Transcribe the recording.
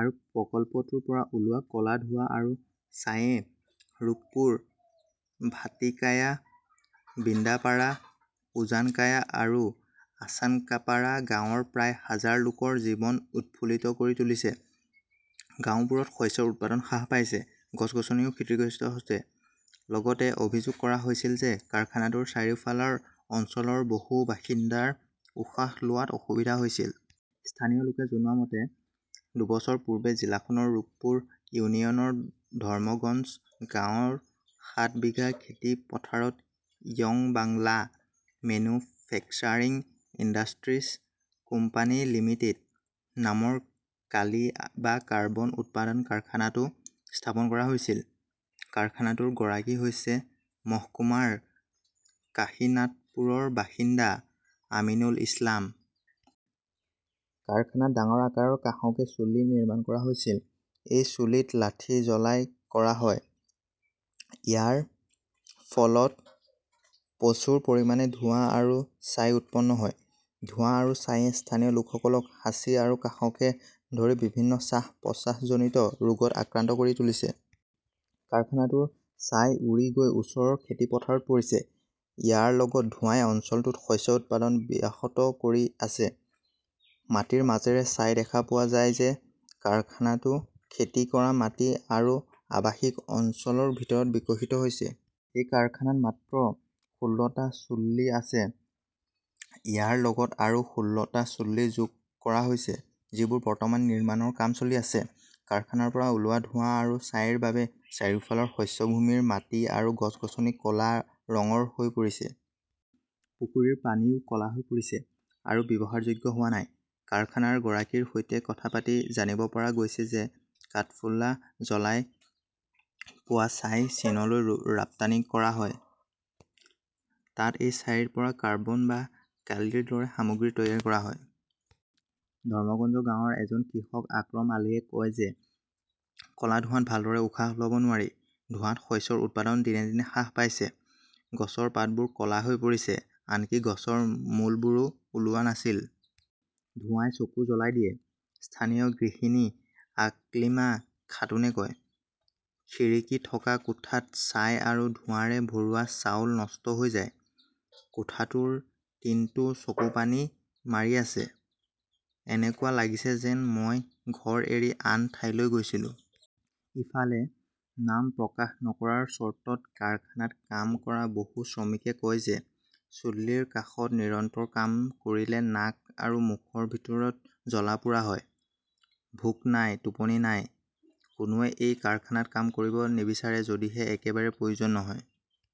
আৰু প্ৰকল্পটোৰ পৰা ওলোৱা ক 'লা ধোঁৱা আৰু ছাইয়ে ৰূপপুৰ, ভাটিকায়া, বৃন্দাপাৰা, উজানকায়া আৰু আচানকাপাৰা গাঁৱৰ প্ৰায় হাজাৰ লোকৰ জীৱন উৎফুল্লিত কৰি তুলিছে। গাওঁবোৰত শস্যৰ উৎপাদন হ্ৰাস পাইছে, গছ-গছনিও ক্ষতিগ্ৰস্ত হৈছে। লগতে অভিযোগ কৰা হৈছিল যে কাৰখানাটোৰ চাৰিওফালৰ অঞ্চলৰ বহু বাসিন্দাৰ উশাহ লোৱাত অসুবিধা হৈছিল। স্থানীয় লোকে জনোৱা মতে, দুবছৰ পূৰ্বে জিলাখনৰ ৰূপপুৰ ইউনিয়নৰ ধৰ্মগঞ্জ গাঁৱৰ সাত বিঘা খেতি পথাৰত 'Young Bangla Manufacturing Industries Company Limited' নামৰ কালি বা কাৰ্বন উৎপাদন কাৰখানাটো স্থাপন কৰা হৈছিল। কাৰখানাটোৰ গৰাকী হৈছে মহকুমাৰ কাশীনাথপুৰৰ বাসিন্দা আমিনুল ইছলাম। কাৰখানাত ডাঙৰ আকাৰৰ কাঁহকে চুল্লি নিৰ্মাণ কৰা হৈছিল। সেই চুলিত লাঠি জ্বলাই কৰা হয়। ইয়াৰ ফলত প্ৰচুৰ পৰিমাণে ধোঁৱা আৰু ছাই উৎপন্ন হয়। ধোঁৱা আৰু ছাইয়ে স্থানীয় লোকসকলক হাঁচি আৰু কাঁহকে ধৰি বিভিন্ন শ্বাস-প্ৰশ্বাসজনিত ৰোগত আক্ৰান্ত কৰি তুলিছে। কাৰখানাটোৰ ছাই উৰি গৈ ওচৰৰ খেতি পথাৰত পৰিছে। ইয়াৰ লগত ধোঁৱাই অঞ্চলটোত শস্য উৎপাদন ব্যাহত কৰি আছে। মাটিৰ মাজেৰে চাই দেখা পোৱা যায় যে কাৰখানাটো খেতি কৰা মাটি আৰু আৱাসিক অঞ্চলৰ ভিতৰত বিকশিত হৈছে। এই কাৰখানাত মাত্ৰ ষোল্লটা চুল্লি আছে। ইয়াৰ লগত আৰু ষোল্লটা চুল্লি যোগ কৰা হৈছে, যিবোৰ বৰ্তমান নিৰ্মাণৰ কাম চলি আছে। কাৰখানাৰ পৰা ওলোৱা ধোঁৱা আৰু ছাইৰ বাবে চাৰিওফালৰ শস্য ভূমিৰ মাটি আৰু গছ-গছনি ক 'লা ৰঙৰ হৈ পৰিছে। পুখুৰীৰ পানীও ক 'লা হৈ পৰিছে আৰু ব্যৱহাৰযোগ্য হোৱা নাই। কাৰখানাৰ গৰাকীৰ সৈতে কথা পাতি জানিব পৰা গৈছে যে কাঠফুলা জ্বলাই পোৱা ছাই চীনলৈ ৰপ্তানি কৰা হয়। তাত এই ছাইৰ পৰা কাৰ্বন বা কালিৰ দৰে সামগ্ৰী তৈয়াৰ কৰা হয়। ধৰ্মগঞ্জ গাঁৱৰ এজন কৃষক আকৰম আলীয়ে কয় যে ক 'লা ধোঁৱাত ভালদৰে উশাহ ল'ব নোৱাৰি। ধোঁৱাত শস্যৰ উৎপাদন দিনে দিনে হ্ৰাস পাইছে। গছৰ পাতবোৰ ক 'লা হৈ পৰিছে। আনকি গছৰ মূৰবোৰো ওলোৱা নাছিল। ধোঁৱাই চকু জ্বলাই দিয়ে, স্থানীয় গৃহিণী আকলিমা খাতুনে কয়। খিৰিকী থকা কোঠাত ছাই আৰু ধোঁৱাৰে ভৰোৱা চাউল নষ্ট হৈ যায়। কোঠাটোৰ টিনটো চকুপানী মাৰি আছে। এনেকুৱা লাগিছে যেন মই ঘৰ এৰি আন ঠাইলৈ গৈছিলো। ইফালে, নাম প্ৰকাশ নকৰাৰ চৰ্তত কাৰখানাত কাম কৰা বহু শ্ৰমিকে কয় যে, চুল্লীৰ কাষত নিৰন্তৰ কাম কৰিলে নাক আৰু মুখৰ ভিতৰত জ্বলা-পোৰা হয়। ভোক নাই, টোপনি নাই। কোনোৱে এই কাৰখানাত কাম কৰিব নিবিচাৰে যদিহে একেবাৰে প্ৰয়োজন নহয়।